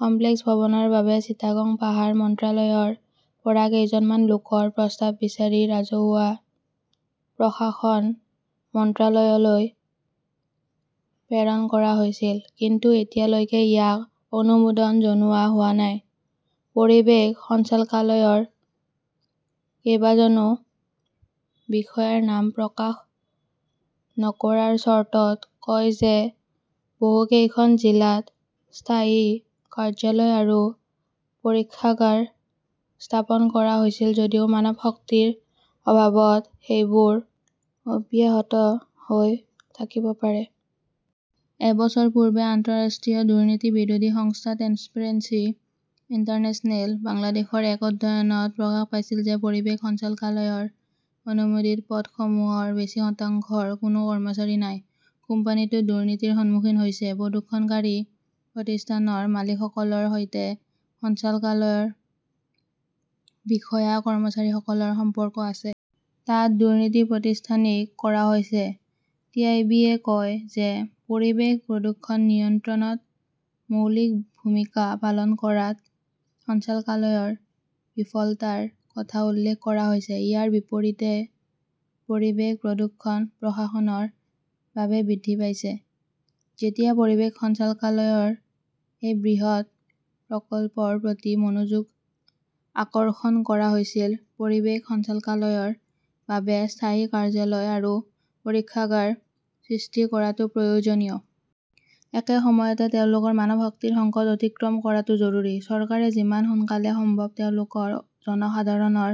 Complex ভৱনৰ বাবে চিটাগং পাহাৰ মন্ত্ৰালয়ৰ পৰা কেইজনমান লোকৰ প্ৰস্তাৱ বিচাৰি ৰাজহুৱা প্ৰশাসন মন্ত্ৰালয়লৈ প্ৰেৰণ কৰা হৈছিল। কিন্তু এতিয়ালৈকে ইয়াক অনুমোদন জনোৱা হোৱা নাই। পৰিৱেশ সঞ্চালকালয়ৰ কেইবাজনো বিষয়াৰ নাম প্ৰকাশ নকৰাৰ চৰ্তত কয় যে বহুকেইখন জিলাত স্থায়ী কাৰ্যালয় আৰু পৰীক্ষাগাৰ স্থাপন কৰা হৈছিল যদিও মানৱশক্তিৰ অভাৱত সেইবোৰ অব্যৱহৃত হৈ থাকিব পাৰে। এবছৰ পূৰ্বে আন্তঃৰাষ্ট্ৰীয় দুৰ্নীতি বিৰোধী সংস্থা ট্ৰেন্সপাৰেন্সি ইণ্টাৰনেশ্যনেল বাংলাদেশৰ এক অধ্যয়নত প্ৰকাশ পাইছিল যে পৰিৱেশ সঞ্চালকালয়ৰ অনুমোদিত পদসমূহৰ বেছি শতাংশৰ কোনো কৰ্মচাৰী নাই। কোম্পানীটো দুৰ্নীতিৰ সন্মুখীন হৈছে। প্ৰদূষণকাৰী প্ৰতিষ্ঠানৰ মালিকসকলৰ সৈতে সঞ্চালকালয়ৰ বিষয়া-কৰ্মচাৰীসকলৰ সম্পৰ্ক আছে। তাত দুৰ্নীতি প্ৰতিষ্ঠানিক কৰা হৈছে। টি. আই. বি. -য়ে কয় যে পৰিৱেশ প্ৰদূষণ নিয়ন্ত্ৰণত মৌলিক ভূমিকা পালন কৰাত সঞ্চালকালয়ৰ বিফলতাৰ কথা উল্লেখ কৰা হৈছে। ইয়াৰ বিপৰীতে পৰিৱেশ প্ৰদূষণ প্ৰশাসনৰ বাবেই বৃদ্ধি পাইছে। যেতিয়া পৰিৱেশ সঞ্চালকালয়ৰ এই বৃহৎ প্ৰকল্পৰ প্ৰতি মনোযোগ আকৰ্ষণ কৰা হৈছিল, পৰিৱেশ সঞ্চালকালয়ৰ বাবে স্থায়ী কাৰ্যালয় আৰু পৰীক্ষাগাৰ সৃষ্টি কৰাটো প্ৰয়োজনীয়। একে সময়তে তেওঁলোকৰ মানৱশক্তিৰ সংকট অতিক্ৰম কৰাটো জৰুৰী। চৰকাৰে যিমান সোনকালে সম্ভৱ তেওঁলোকৰ জনসাধাৰণৰ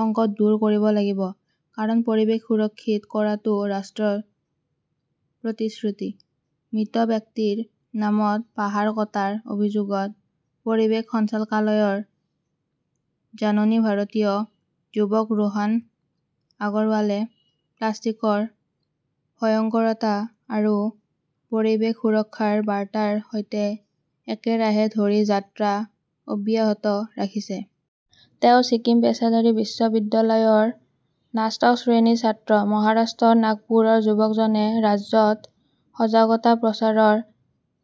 সংকট দূৰ কৰিব লাগিব। কাৰণ, পৰিৱেশ সুৰক্ষিত কৰাটো ৰাষ্ট্ৰৰ প্ৰতিশ্ৰুতি। মৃত ব্যক্তিৰ নামত পাহাৰ কটাৰ অভিযোগত পৰিৱেশ সঞ্চালকালয়ৰ জাননী ভাৰতীয় যুৱক ৰোহান আগৰৱালে প্লাষ্টিকৰ ভয়ংকৰতা আৰু পৰিৱেশ সুৰক্ষাৰ বাৰ্তাৰ সৈতে একেৰাহে ধৰি যাত্ৰা অব্যাহত ৰাখিছে। তেওঁ ছিকিম পেচাদাৰী বিশ্ববিদ্যালয়ৰ স্নাতক শ্ৰেণীৰ ছাত্ৰ। মহাৰাষ্ট্ৰৰ নাগপুৰৰ যুৱকজনে ৰাজ্যত সজাগতা প্ৰচাৰৰ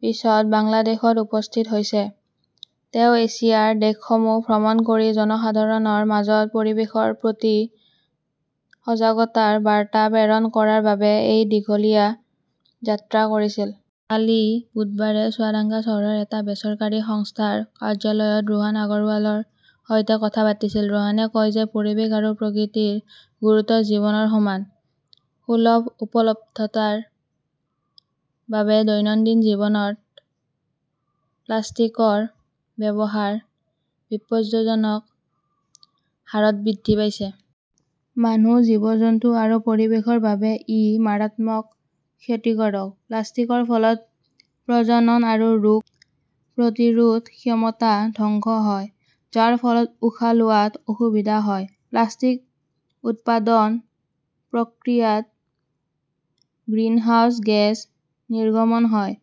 পিছত বাংলাদেশত উপস্থিত হৈছে। তেওঁ এছিয়াৰ দেশসমূহ ভ্ৰমণ কৰি জনসাধাৰণৰ মাজত পৰিৱেশৰ প্ৰতি সজাগতাৰ বাৰ্তা প্ৰেৰণ কৰাৰ বাবে এই দীঘলীয়া যাত্ৰা কৰিছিল। কালি বুধবাৰে চুৱাদাঙ্গা চহৰৰ এটা বেচৰকাৰী সংস্থাৰ কাৰ্যালয়ত ৰোহান আগৰৱালৰ সৈতে কথা পাতিছিল। ৰোহানে কয় যে পৰিৱেশ আৰু প্ৰকৃতিৰ গুৰুত্ব জীৱনৰ সমান। সুলভ উপলব্ধতাৰ বাবে দৈনন্দিন জীৱনত প্লাষ্টিকৰ ব্যৱহাৰ বিপজ্জনক হাৰত বৃদ্ধি পাইছে। মানুহ, জীৱ-জন্তু আৰু পৰিৱেশৰ বাবে ই মাৰাত্মক ক্ষতিকাৰক। প্লাষ্টিকৰ ফলত প্ৰজনন আৰু ৰোগ প্ৰতিৰোধ ক্ষমতা ধ্বংস হয়, যাৰ ফলত উশাহ লোৱাত অসুবিধা হয়। প্লাষ্টিক উৎপাদন প্ৰক্ৰিয়াত গ্ৰিনহাউজ গেছ নিৰ্গমন হয়,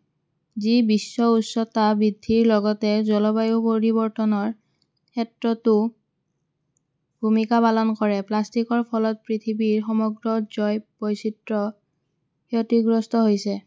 যি বিশ্ব উষ্ণতা বৃদ্ধিৰ লগতে জলবায়ু পৰিৱৰ্তনৰ ক্ষেত্ৰতো ভূমিকা পালন কৰে। প্লাষ্টিকৰ ফলত পৃথিৱীৰ সমগ্ৰ জৈৱ বৈচিত্ৰ্য ক্ষতিগ্ৰস্ত হৈছে।